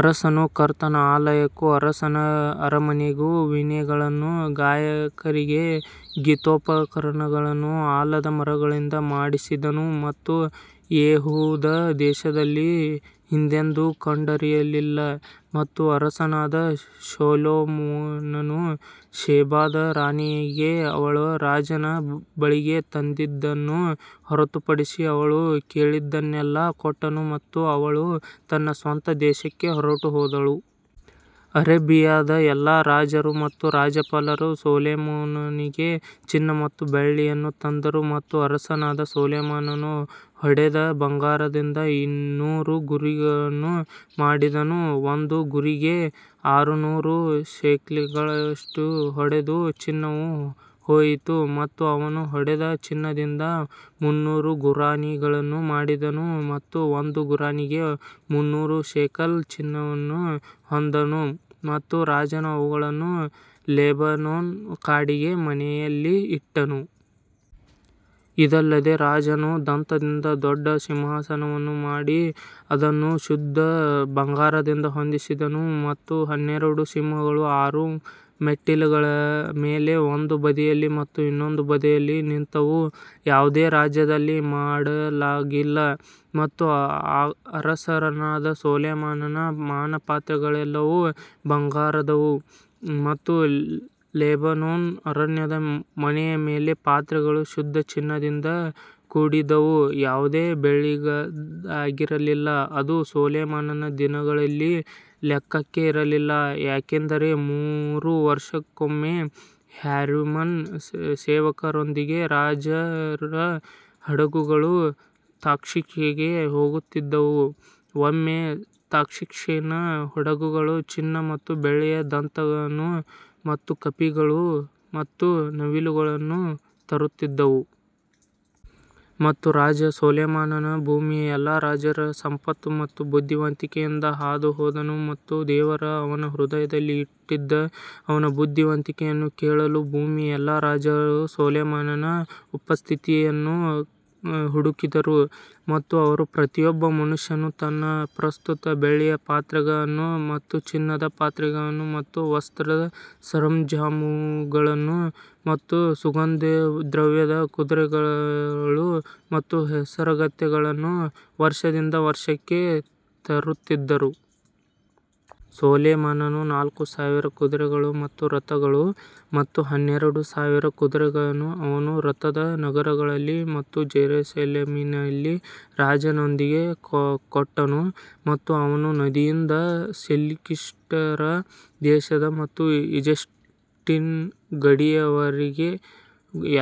ಅರಸನು ಕರ್ತನ ಆಲಯಕ್ಕೂ ಅರಸರ ಅರಮನೆಗೂ ವೀಣೆಗಳನ್ನೂ ಗಾಯಕರಿಗೆ ಗೀತೋಪಕರಣಗಳನ್ನೂ ಆಲದ ಮರಗಳಿಂದ ಮಾಡಿಸಿದನು ಮತ್ತು ಯೆಹೂದ ದೇಶದಲ್ಲಿ ಹಿಂದೆಂದೂ ಕಂಡಿರಲಿಲ್ಲ. ಮತ್ತು ಅರಸನಾದ ಸೊಲೊಮೋನನು ಶೆಬಾದ ರಾಣಿಗೆ ಅವಳು ರಾಜನ ಬಳಿಗೆ ತಂದಿದ್ದನ್ನು ಹೊರತುಪಡಿಸಿ ಅವಳು ಕೇಳಿದ್ದನ್ನೆಲ್ಲಾ ಕೊಟ್ಟನು ಮತ್ತು ಅವಳು ತನ್ನ ಸ್ವಂತ ದೇಶಕ್ಕೆ ಹೊರಟುಹೋದಳು. ಅರೇಬಿಯಾದ ಎಲ್ಲಾ ರಾಜರು ಮತ್ತು ರಾಜ್ಯಪಾಲರು ಸೊಲೊಮೋನನಿಗೆ ಚಿನ್ನ ಮತ್ತು ಬೆಳ್ಳಿಯನ್ನು ತಂದರು. ಮತ್ತು ಅರಸನಾದ ಸೊಲೊಮೋನನು ಹೊಡೆದ ಬಂಗಾರದಿಂದ ಇನ್ನೂರು ಗುರಿಗಳನ್ನು ಮಾಡಿದನು, ಒಂದು ಗುರಿಗೆ ಆರುನೂರು ಶೆಕೆಲ್ಗಳಷ್ಟು ಹೊಡೆದ ಚಿನ್ನವು ಹೋಯಿತು. ಮತ್ತು ಅವನು ಹೊಡೆದ ಚಿನ್ನದಿಂದ ಮುನ್ನೂರು ಗುರಾಣಿಗಳನ್ನು ಮಾಡಿದನು ಮತ್ತು ಒಂದು ಗುರಾಣಿಗೆ ಮುನ್ನೂರು ಶೇಕೆಲ್ ಚಿನ್ನವನ್ನು ಹೋದನು ಮತ್ತು ರಾಜನು ಅವುಗಳನ್ನು ಲೆಬನೋನ್ ಕಾಡಿನ ಮನೆಯಲ್ಲಿ ಇಟ್ಟನು. ಇದಲ್ಲದೆ ರಾಜನು ದಂತದಿಂದ ದೊಡ್ಡ ಸಿಂಹಾಸನವನ್ನು ಮಾಡಿ ಅದನ್ನು ಶುದ್ಧ ಬಂಗಾರದಿಂದ ಹೊದಿಸಿದನು ಮತ್ತು ಹನ್ನೆರಡು ಸಿಂಹಗಳು ಆರು ಮೆಟ್ಟಿಲುಗಳ ಮೇಲೆ ಒಂದು ಬದಿಯಲ್ಲಿ ಮತ್ತು ಇನ್ನೊಂದು ಬದಿಯಲ್ಲಿ ನಿಂತವು, ಯಾವುದೇ ಸಾಮ್ರಾಜ್ಯದಲ್ಲಿ ಮಾಡಲಾಗಿಲ್ಲ. ಮತ್ತು ಅರಸನಾದ ಸೊಲೊಮೋನನ ಪಾನಪಾತ್ರೆಗಳೆಲ್ಲವೂ ಬಂಗಾರದವು ಮತ್ತು ಲೆಬನೋನ್ ಅರಣ್ಯದ ಮನೆಯ ಎಲ್ಲಾ ಪಾತ್ರೆಗಳು ಶುದ್ಧ ಚಿನ್ನದಿಂದ ಕೂಡಿದ್ದವು ಯಾವುದೂ ಬೆಳ್ಳಿಯದ್ದಾಗಿರಲಿಲ್ಲ, ಅದು ಸೊಲೊಮೋನನ ದಿನಗಳಲ್ಲಿ ಲೆಕ್ಕಕ್ಕೆ ಇರಲಿಲ್ಲ ಯಾಕಂದರೆ ಮೂರು ವರ್ಷಗಳಿಗೊಮ್ಮೆ ಹ್ಯೂರಾಮನ ಸೇವಕರೊಂದಿಗೆ ರಾಜರ ಹಡಗುಗಳು ತಾರ್ಷೀಷಿಗೆ ಹೋಗುತ್ತಿದ್ದವು, ಒಮ್ಮೆ ತಾರ್ಷೀಷಿನ ಹಡಗುಗಳು ಚಿನ್ನ ಮತ್ತು ಬೆಳ್ಳಿಯ ದಂತಗಳನ್ನು ಮತ್ತು ಕಪಿಗಳು ಮತ್ತು ನವಿಲುಗಳನ್ನು ತರುತ್ತಿದ್ದವು. ಮತ್ತು ರಾಜ ಸೊಲೊಮೋನನು ಭೂಮಿಯ ಎಲ್ಲಾ ರಾಜರನ್ನು ಸಂಪತ್ತು ಮತ್ತು ಬುದ್ಧಿವಂತಿಕೆಯಿಂದ ಹಾದುಹೋದನು ಮತ್ತು ದೇವರು ಅವನ ಹೃದಯದಲ್ಲಿ ಇಟ್ಟಿದ್ದ ಅವನ ಬುದ್ಧಿವಂತಿಕೆಯನ್ನು ಕೇಳಲು ಭೂಮಿಯ ಎಲ್ಲಾ ರಾಜರು ಸೊಲೊಮೋನನ ಉಪಸ್ಥಿತಿಯನ್ನು ಹುಡುಕಿದರು. ಮತ್ತು ಅವರು ಪ್ರತಿಯೊಬ್ಬ ಮನುಷ್ಯನು ತನ್ನ ಪ್ರಸ್ತುತ ಬೆಳ್ಳಿಯ ಪಾತ್ರೆಗಳನ್ನು ಮತ್ತು ಚಿನ್ನದ ಪಾತ್ರೆಗಳನ್ನು ಮತ್ತು ವಸ್ತ್ರದ ಸರಂಜಾಮುಗಳನ್ನು ಮತ್ತು ಸುಗಂಧದ್ರವ್ಯದ ಕುದುರೆಗಳು ಮತ್ತು ಹೇಸರಗತ್ತೆಗಳನ್ನು ವರ್ಷದಿಂದ ವರ್ಷಕ್ಕೆ ತರುತ್ತಿದ್ದರು. ಸೊಲೊಮೋನನಿಗೆ ನಾಲ್ಕು ಸಾವಿರ ಕುದುರೆಗಳು ಮತ್ತು ರಥಗಳು ಮತ್ತು ಹನ್ನೆರಡು ಸಾವಿರ ಕುದುರೆಗಳನ್ನು ಅವನು ರಥದ ನಗರಗಳಲ್ಲಿ ಮತ್ತು ಜೆರುಸಲೇಮಿನಲ್ಲಿ ರಾಜನೊಂದಿಗೆ ಕೊಟ್ಟನು. ಮತ್ತು ಅವನು ನದಿಯಿಂದ ಫಿಲಿಷ್ಟಿಯರ ದೇಶ ಮತ್ತು ಈಜಿಪ್ಟಿನ ಗಡಿಯವರೆಗೂ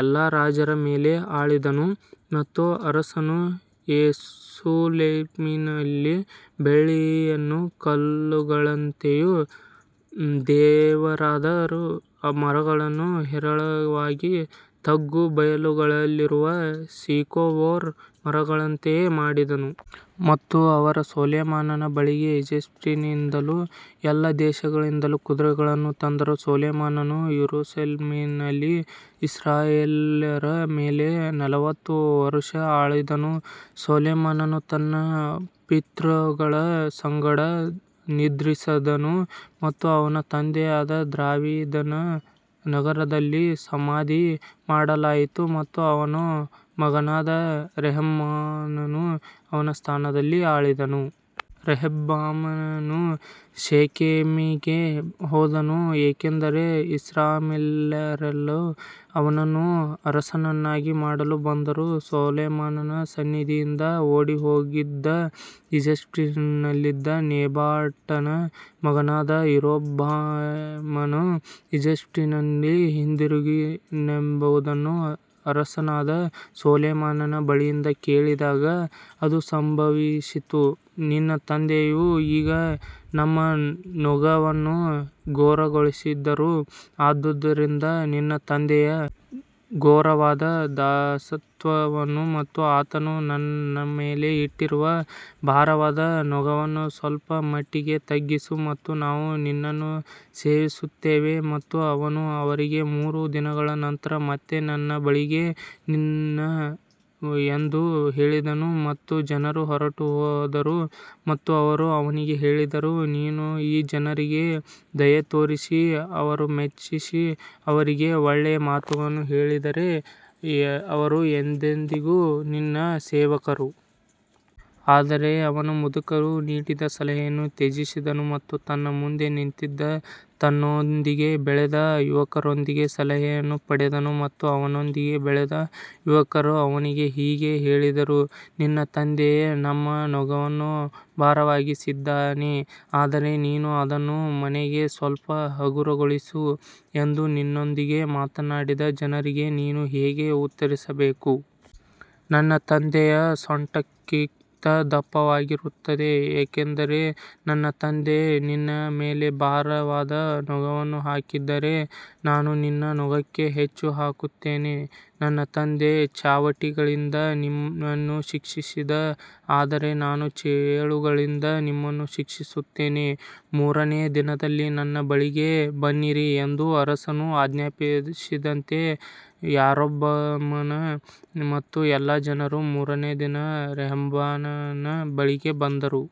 ಎಲ್ಲಾ ರಾಜರ ಮೇಲೆ ಆಳಿದನು. ಮತ್ತು ಅರಸನು ಯೆರೂಸಲೇಮಿನಲ್ಲಿ ಬೆಳ್ಳಿಯನ್ನು ಕಲ್ಲುಗಳಂತೆಯೂ ದೇವದಾರು ಮರಗಳನ್ನು ಹೇರಳವಾಗಿ ತಗ್ಗು ಬಯಲುಗಳಲ್ಲಿರುವ ಸಿಕೊಮೊರ್ ಮರಗಳಂತೆಯೂ ಮಾಡಿದನು. ಮತ್ತು ಅವರು ಸೊಲೊಮೋನನ ಬಳಿಗೆ ಈಜಿಪ್ಟಿನಿಂದಲೂ ಎಲ್ಲಾ ದೇಶಗಳಿಂದಲೂ ಕುದುರೆಗಳನ್ನು ತಂದರು ಸೊಲೊಮೋನನು ಯೆರೂಸಲೇಮಿನಲ್ಲಿ ಇಸ್ರಾಯೇಲ್ಯರ ಮೇಲೆ ನಲವತ್ತು ವರುಷ ಆಳಿದನು ಸೊಲೊಮೋನನು ತನ್ನ ಪಿತೃಗಳ ಸಂಗಡ ನಿದ್ರಿಸಿದನು ಮತ್ತು ಅವನ ತಂದೆಯಾದ ದಾವೀದನ ನಗರದಲ್ಲಿ ಸಮಾಧಿ ಮಾಡಲಾಯಿತು ಮತ್ತು ಅವನ ಮಗನಾದ ರೆಹಬ್ಬಾಮನು ಅವನ ಸ್ಥಾನದಲ್ಲಿ ಆಳಿದನು. ರೆಹಬ್ಬಾಮನು ಶೆಕೆಮಿಗೆ ಹೋದನು ಏಕೆಂದರೆ ಇಸ್ರಾಯೇಲ್ಯರೆಲ್ಲರೂ ಅವನನ್ನು ಅರಸನನ್ನಾಗಿ ಮಾಡಲು ಬಂದರು ಸೊಲೊಮೋನನ ಸನ್ನಿಧಿಯಿಂದ ಓಡಿಹೋಗಿದ್ದ ಈಜಿಪ್ಟಿನಲ್ಲಿದ್ದ ನೆಬಾಟನ ಮಗನಾದ ಯಾರೊಬ್ಬಾಮನು ಈಜಿಪ್ಟಿನಿಂದ ಹಿಂದಿರುಗಿದನೆಂಬುದನ್ನು ಅರಸನಾದ ಸೊಲೊಮೋನನ ಬಳಿಯಿಂದ ಕೇಳಿದಾಗ ಅದು ಸಂಭವಿಸಿತು. ನಿನ್ನ ತಂದೆಯು ಈಗ ನಮ್ಮ ನೊಗವನ್ನು ಘೋರಗೊಳಿಸಿದನು ಆದುದರಿಂದ ನಿನ್ನ ತಂದೆಯ ಘೋರವಾದ ದಾಸತ್ವವನ್ನು ಮತ್ತು ಆತನು ನಮ್ಮ ಮೇಲೆ ಇಟ್ಟಿರುವ ಭಾರವಾದ ನೊಗವನ್ನು ಸ್ವಲ್ಪಮಟ್ಟಿಗೆ ತಗ್ಗಿಸು ಮತ್ತು ನಾವು ನಿನ್ನನ್ನು ಸೇವಿಸುತ್ತೇವೆ ಮತ್ತು ಅವನು ಅವರಿಗೆ ಮೂರು ದಿನಗಳ ನಂತರ ಮತ್ತೆ ನನ್ನ ಬಳಿಗೆ ಬನ್ನಿ ಎಂದು ಹೇಳಿದನು ಮತ್ತು ಜನರು ಹೊರಟುಹೋದರು ಮತ್ತು ಅವರು ಅವನಿಗೆ ಹೇಳಿದರು, ನೀನು ಈ ಜನರಿಗೆ ದಯೆತೋರಿಸಿ ಅವರನ್ನು ಮೆಚ್ಚಿಸಿ ಅವರಿಗೆ ಒಳ್ಳೆಯ ಮಾತುಗಳನ್ನು ಹೇಳಿದರೆ ಅವರು ಎಂದೆಂದಿಗೂ ನಿನ್ನ ಸೇವಕರು. ಆದರೆ ಅವನು ಮುದುಕರು ನೀಡಿದ ಸಲಹೆಯನ್ನು ತ್ಯಜಿಸಿದನು ಮತ್ತು ತನ್ನ ಮುಂದೆ ನಿಂತಿದ್ದ ತನ್ನೊಂದಿಗೆ ಬೆಳೆದ ಯುವಕರೊಂದಿಗೆ ಸಲಹೆಯನ್ನು ಪಡೆದನು. ಮತ್ತು ಅವನೊಂದಿಗೆ ಬೆಳೆದ ಯುವಕರು ಅವನಿಗೆ ಹೀಗೆ ಹೇಳಿದರು, ನಿನ್ನ ತಂದೆಯು ನಮ್ಮ ನೊಗವನ್ನು ಭಾರವಾಗಿಸಿದ್ದಾನೆ ಆದರೆ ನೀನು ಅದನ್ನು ನಮಗೆ ಸ್ವಲ್ಪ ಹಗುರಗೊಳಿಸು ಎಂದು ನಿನ್ನೊಂದಿಗೆ ಮಾತನಾಡಿದ ಜನರಿಗೆ ನೀನು ಹೀಗೆ ಉತ್ತರಿಸಬೇಕು. ನನ್ನ ತಂದೆಯ ಸೊಂಟಕ್ಕಿಂತ ದಪ್ಪವಾಗಿರುತ್ತದೆ ಯಾಕಂದರೆ ನನ್ನ ತಂದೆ ನಿನ್ನ ಮೇಲೆ ಭಾರವಾದ ನೊಗವನ್ನು ಹಾಕಿದರೆ ನಾನು ನಿನ್ನ ನೊಗಕ್ಕೆ ಹೆಚ್ಚು ಹಾಕುತ್ತೇನೆ ನನ್ನ ತಂದೆ ಚಾವಟಿಗಳಿಂದ ನಿಮ್ಮನ್ನು ಶಿಕ್ಷಿಸಿದ ಆದರೆ ನಾನು ಚೇಳುಗಳಿಂದ ನಿಮ್ಮನ್ನು ಶಿಕ್ಷಿಸುತ್ತೇನೆ ಮೂರನೆಯ ದಿನದಲ್ಲಿ ನನ್ನ ಬಳಿಗೆ ಬನ್ನಿರಿ ಎಂದು ಅರಸನು ಆಜ್ಞಾಪಿಸಿದಂತೆ ಯಾರೊಬ್ಬಾಮನು ಮತ್ತು ಎಲ್ಲಾ ಜನರು ಮೂರನೆಯ ದಿನದಲ್ಲಿ ರೆಹಬ್ಬಾಮನ ಬಳಿಗೆ ಬಂದರು.